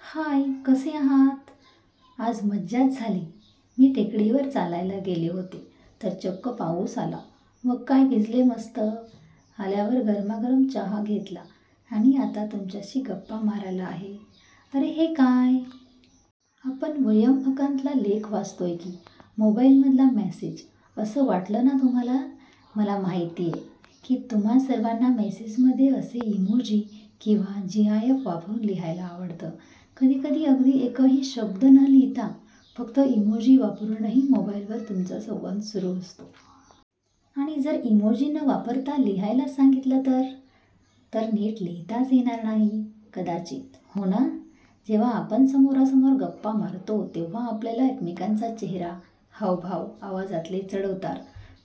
हाय! कसे आहात? आज मज्जाच झाली. मी टेकडीवर चालायला गेले होते तर चक्क पाऊस आला. मग काय भिजले मस्त. आल्यावर गरमागरम चहा घेतला आणि आता तुमच्याशी गप्पा मारायला आले आहे. अरे हे काय? आपण वयम् अंकातला लेख वाचतोय की मोबाइलमधला मेसेज! असं वाटलं ना तुम्हांला? मला माहितेय की तुम्हा सर्वांना मेसेजमध्ये असे इमोजी किंवा जीआयएफ वापरून लिहायला आवडतं. कधीकधी अगदी एकही शब्द न लिहिता फक्त इमोजी वापरूनही मोबाइलवर तुमचा संवाद सुरू असतो. आणि जर इमोजी न वापरता लिहायला सांगितलं तर? तर नीट लिहिताच येणार नाही कदाचित! हो ना? जेव्हा आपण समोरासमोर गप्पा मारतो तेव्हा आपल्याला एकमेकांचा चेहरा, हावभाव, आवाजातले चढउतार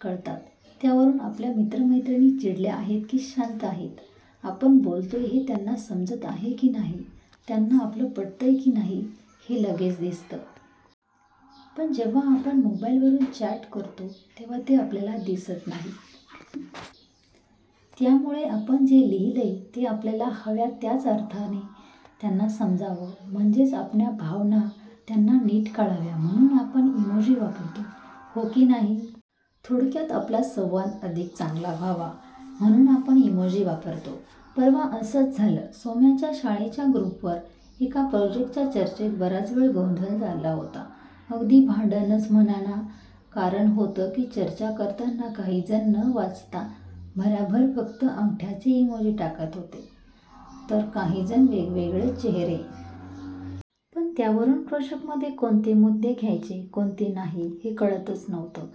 कळतात. त्यावरून आपल्या मित्रमैत्रिणी चिडल्या आहेत की शांत आहेत, आपण बोलतोय ते त्यांना समजतं आहे की नाही, त्यांना आपलं पटतंय की नाही हे लगेच दिसतं. पण जेव्हा आपण मोबाइलवरून चॅट करतो, तेव्हा ते आपल्याला दिसत नाहीत. त्यामुळे आपण जे लिहितोय ते आपल्याला हव्या त्याच अर्थाने त्यांना समजावं म्हणजेच आपल्या भावना त्यांना नीट कळाव्या म्हणून आपण इमोजी वापरतो, हो की नाही? थोडक्यात आपला संवाद अधिक चांगला व्हावा म्हणून आपण इमोजी वापरतो. परवा असंच झालं, सौम्याच्या शाळेच्या ग्रुपवर एका प्रोजेक्टच्या चर्चेत बराच वेळ गोंधळ चालला होता. अगदी भांडणंच म्हणा ना! कारण होतं की चर्चा करताना काहीजण न वाचता भराभर फक्त अंगठ्याचे इमोजी टाकत होते, तर काहीजण वेगवेगळे चेहरे! पण त्यावरून प्रोजेक्टमध्ये कोणते मुद्दे घ्यायचे, कोणते नाही, हे कळतंच नव्हतं.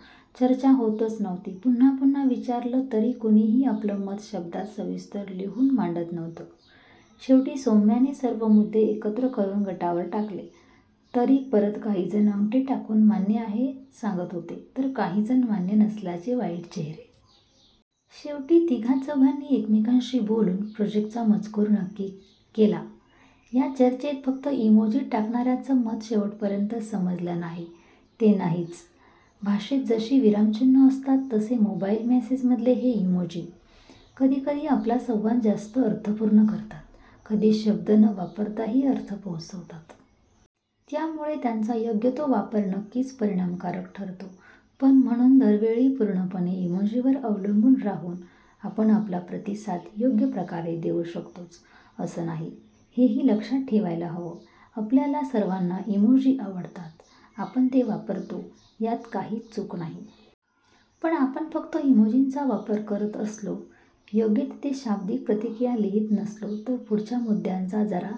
चर्चा होतच नव्हती. पुन्हा पुन्हा विचारलं तरी कुणीही आपलं मत शब्दांत सविस्तर लिहून मांडत नव्हतं. शेवटी सौम्याने सर्व मुद्दे एकत्र करून गटावर टाकले, तरी परत काहीजण अंगठे टाकून मान्य आहे सांगत होते, तर काहीजण मान्य नसल्याचे वाईट चेहरे. शेवटी तिघा-चौघांनी एकमेकांशी बोलून प्रोजेक्टचा मजकूर नक्की केला. या चर्चेत फक्त इमोजी टाकणाऱ्यांचं मत शेवटपर्यंत समजलं नाही ते नाहीच. भाषेत जशी विरामचिन्हं असतात, तसे मोबाइल मेसेजमधले हे इमोजी. कधीकधी आपला संवाद जास्त अर्थपूर्ण करतात, कधी शब्द न वापरताही अर्थ पोहोचवतात. त्यामुळे त्यांचा योग्य तो वापर नक्कीच परिणामकारक ठरतो, पण म्हणून दरवेळी पूर्णपणे इमोजींवर अवलंबून राहून आपण आपला प्रतिसाद योग्यप्रकारे देऊ शकतोच असं नाही, हेही लक्षात ठेवायला हवं. आपल्याला सर्वांना इमोजी आवडतात. आपण ते वापरतो, यात काहीच चूक नाही. पण आपण फक्त इमोजींचा वापर करत असलो, योग्य तिथे शाब्दिक प्रतिक्रिया लिहित नसलो, तर पुढच्या मुद्द्यांचा जरा